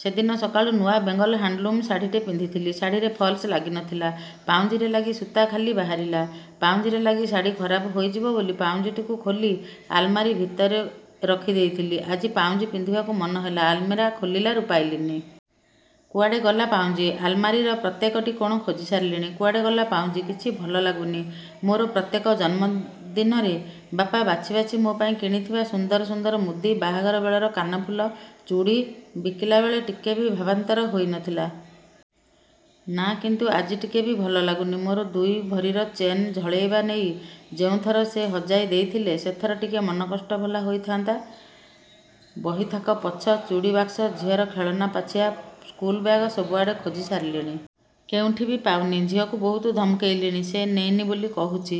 ସେଦିନ ସକାଳୁ ନୂଆ ବେଙ୍ଗଲ ହାଣ୍ଡଲୁମ ଶାଢ଼ୀଟେ ପିନ୍ଧିଥିଲି, ଶାଢ଼ୀରେ ଫ୍ଲସ ଲାଗିନଥିଲା। ପାଉଁଜିରେ ଲାଗି ସୁତା ଖାଲି ବାହାରିଲା। ପାଉଁଜିରେ ଲାଗି ଶାଢ଼ୀ ଖରାପ ହୋଇଯିବ ବୋଲି ପାଉଁଜିଟିକୁ ଖୋଲି ଆଲମାରୀ ଭିତରେ ରଖିଦେଇଥିଲି। ଆଜି ପାଉଁଜି ପିନ୍ଧିବାକୁ ମନ ହେଲା, ଆଲମାରି ଖୋଲିଲାରୁ ପାଇଲିନି। କୁଆଡ଼େ ଗଲା ପାଉଁଜି। ଆଲମାରୀର ପ୍ରତ୍ୟେକଟି କୋଣ ଖୋଜିସାରିଲିଣି। କୁଆଡ଼େ ଗଲା ପାଉଁଜି। କିଛି ଭଲ ଲାଗୁନି। ମୋର ପ୍ରତ୍ୟେକ ଜନ୍ମଦିନରେ ବାପା ବାଛି ବାଛି ମୋ ପାଇଁ କିଣିଥିବା ସୁନ୍ଦର ସୁନ୍ଦର ମୁଦି, ବାହାଘର ବେଳର କାନ ଫୁଲ, ଚୁଡ଼ି ବିକିଲାବେଳେ ଟିକେ ବି ଭାବାନ୍ତର ହୋଇନଥିଲା। ନା କିନ୍ତୁ ଆଜି ଟିକେ ବି ଭଲ ଲାଗୁନି। ମୋର ଦୁଇ ଭରିର ଚେନ ଝଳେଇବା ନେଇ ଯେଉଁଥର ସେ ହଜାଇ ଦେଇଥିଲେ ସେଥର ଟିକେ ମନକଷ୍ଟ ଭଲା ହୋଇଥାନ୍ତା। ବହିଥାକ ପଛ, ଚୂଡ଼ିବାକ୍ସ, ଝିଅର ଖେଳନା ପାଚିଆ, ସ୍କୁଲ ବ୍ୟାଗ ସବୁଆଡ଼େ ଖୋଜି ସାରିଲିଣି। କେଉଁଠି ବି ପାଉନି। ଝିଅକୁ ବହୁତ ଧମକେଇଲିଣି, ସେ ନେଇନି ବୋଲି କହୁଛି।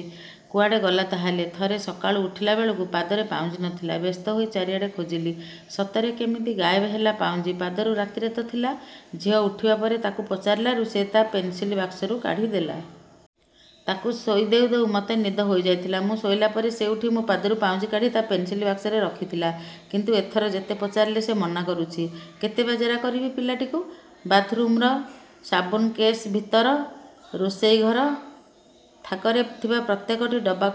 କୁଆଡ଼େ ଗଲା ତା'ହେଲେ? ଥରେ ସକାଳୁ ଉଠିଲାବେଳକୁ ପାଦରେ ପାଉଁଜି ନ ଥିଲା। ବ୍ୟସ୍ତହୋଇ ଚାରିଆଡ଼ ଖୋଜିଲି। ସତରେ କେମିତି ଗାଏବ ହେଲା ପାଉଁଜି ପାଦରୁ ରାତିରେ ତ ଥିଲା, ଝିଅ ଉଠିବା ପରେ ତାକୁ ପଚାରିଲାରୁ ସେ ତା' ପେନ୍ସିଲ ବାକ୍ସରୁ କାଢ଼ିଦେଲା। ତାକୁ ଶୋଇ ଦେଉ ଦେଉ ମୋତେ ନିଦ ହୋଇଯାଇଥିଲା। ମୁଁ ଶୋଇଲାପରେ ସେ ଉଠି ମୋ ପାଦରୁ ପାଉଁଜି କାଢ଼ି ତା' ପେନ୍ସିଲ ବାକ୍ସରେ ରଖିଥିଲା। କିନ୍ତୁ ଏଥର ଯେତେ ପଚାରିଲେ ସେ ମନାକରୁଛି। କେତେ ବା ଜେରା କରିବି ପିଲାଟିକୁ? ବାଥରୁମ୍ର ସାବୁନକେଶ ଭିତର, ରୋଷେଇ ଘର ଥାକରେ ଥିବା ପ୍ରତ୍ୟେକଟି ଡବା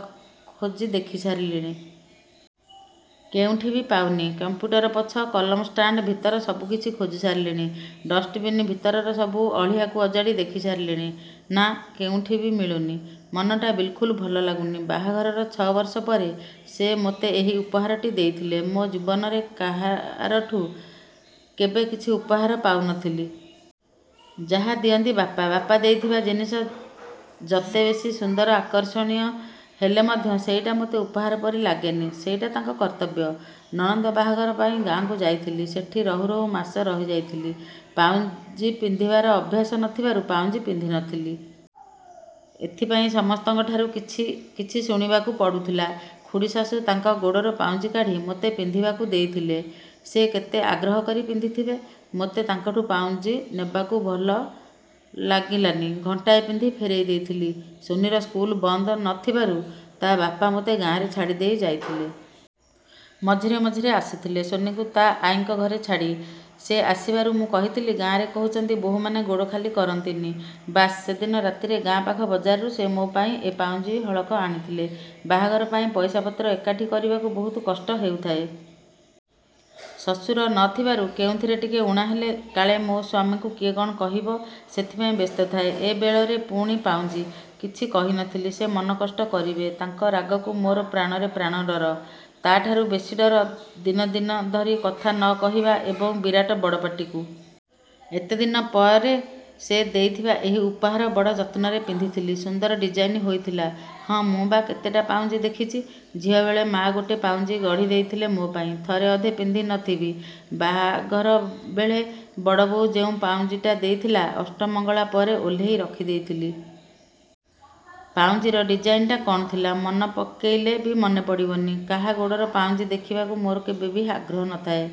ଖୋଜି ଦେଖିସାରିଲିଣି। କେଉଁଠିବି ପାଉନି। କମ୍ପ୍ୟୁଟର ପଛ କଲମ ଷ୍ଟାଣ୍ଡ ଭିତର ସବୁକିଛି ଖୋଜି ସାରିଲିଣି। ଡଷ୍ଟବିନ ଭିତରର ସବୁ ଅଳିହାକୁ ଅଜାଡ଼ି ଦେଖିସାରିଲିଣି। ନା... କେଉଁଠି ବି ମିଳୁନି। ମନଟା ବିଲକୁଲ ଭଲଲାଗୁନି। ବାହାଘରର ଛ' ବର୍ଷ ପରେ ସେ ମୋତେ ଏହି ଉପହାରଟି ଦେଇଥିଲେ। ମୋ ଜୀବନରେ କାହାରଠୁ କେବେ କିଛି ଉପହାର ପାଉନଥିଲି। ଯାହା ଦିଅନ୍ତି ବାପା। ବାପା ଦେଇଥିବା ଜିନିଷ ଯତେ ବେଶୀ ସୁନ୍ଦର ଆକର୍ଷଣୀୟ ହେଲେ ମଧ୍ୟ ସେଇଟା ମୋତେ ଉପହାର ପରି ଲାଗେନି। ସେଇଟା ତାଙ୍କ କର୍ତ୍ତବ୍ୟ...। ନଣନ୍ଦ ବାହାଘର ପାଇଁ ଗାଁକୁ ଯାଇଥିଲି। ସେଠି ରହୁ ରହୁ ମାସ ରହିଯାଇଥିଲି। ପାଉଁଜି ପିନ୍ଧିବାର ଅଭ୍ୟାସ ନଥିବାରୁ ପାଉଁଜି ପିନ୍ଧିନଥିଲି। ଏଥିପାଇଁ ସମସ୍ତଙ୍କଠାରୁ କିଛି କିଛି ଶୁଣିବାକୁ ପଡ଼ୁଥିଲା। ଖୁଡ଼ିଶାଶୁ ତାଙ୍କ ଗୋଡର ପାଉଁଜି କାଢ଼ି ମୋତେ। ପିନ୍ଧିବାକୁ ଦେଇଥିଲେ। ସେ କେତେ ଆଗ୍ରହ କରି ପିନ୍ଧିଥିବେ, ମୋତେ ତାଙ୍କଠୁ ପାଉଁଜି ନେବାକୁ ଭଲ ଲାଗିଲାନି ଘଣ୍ଟାଏ ପିନ୍ଧି ଫେରେଇ ଦେଇଥିଲି। ସୋନିର ସ୍କୁଲ ବନ୍ଦ ନ ଥିବାରୁ ତା'ବାପା ମୋତେ ଗାଁରେ ଛାଡ଼ିଦେଇ ଯାଇଥିଲେ। ମଝିରେ ମଝିରେ ଆସୁଥିଲେ ସୋନିକୁ ତା' ଆଈଙ୍କ ଘରେ ଛାଡ଼ି। ସେ ଆସିବାରୁ ମୁଁ କହିଥିଲି, ଗାଁରେ କହୁଛନ୍ତି ବୋହୂମାନେ ଗୋଡ଼ ଖାଲି କରନ୍ତିନି। ବାସ୍ ସେଦିନ ରାତିରେ ଗାଁପାଖ ବଜାରରୁ ସେ ମୋ ପାଇଁ ଏ ପାଉଁଜି ହଳକ ଆଣିଥିଲେ। ବାହାଘର ପାଇଁ ପଇସାପତ୍ର ଏକାଠି କରିବାକୁ ବହୁତ କଷ୍ଟ ହେଉଥାଏ। ଶଶୁର ନ ଥିବାରୁ କେଉଁଥିରେ ଟିକେ ଉଣା ହେଲେ, କାଳେ ମୋ ସ୍ୱାମୀଙ୍କୁ କିଏ କ'ଣ କହିବ, ସେଥିପାଇଁ ବ୍ୟସ୍ତ ଥାଏ। ଏ ବେଳରେ ପୁଣି ପାଉଁଜି? କିଛି କହିନଥିଲି। ସେ ମନକଷ୍ଟ କରିବେ। ତାଙ୍କ ରାଗକୁ ମୋର ପ୍ରାଣରେ ପ୍ରାଣ ଡର, ତା'ଠାରୁ ବେଶୀ ଡର ଦିନଦିନ ଧରି କଥା ନ କହିବା ଏବଂ ବିରାଟ ବଡ଼ ପାଟିକୁ। ଏତେଦିନ ପରେ ସେ ଦେଇଥିବା ଏହି ଉପହାର ବଡ଼ ଯତ୍ନରେ ପିନ୍ଧିଥିଲି। ସୁନ୍ଦର ଡିଜାଇନ ହୋଇଥିଲା। ହଁ ମୁଁ ବା କେତେଟା ପାଉଁଜି ଦେଖିଛି...। ଝିଅବେଳେ ମା' ଗୋଟେ ପାଉଁଜି ଗଢ଼ିଦେଇଥିଲେ ମୋ ପାଇଁ। ଥରେ ଅଧେ ପିନ୍ଧି ନ ଥିବି। ବାହାଘରବେଳେ ବଡ଼ବୋଉ ଯେଉଁ ପାଉଁଜିଟା ଦେଇଥିଲା, ଅଷ୍ଟମଙ୍ଗଳାପରେ ଓହ୍ଲେଇ ରଖିଦେଇଥିଲି। ପାଉଁଜିର ଡିଜାଇନଟା କ'ଣ ଥିଲା, ମନ ପକେଇଲେ ବି ମନେ ପଡ଼ିବନି। କାହା ଗୋଡ଼ର ପାଉଁଜି ଦେଖିବାକୁ ମୋର କେବେ ବି ଆଗ୍ରହ ନ ଥାଏ।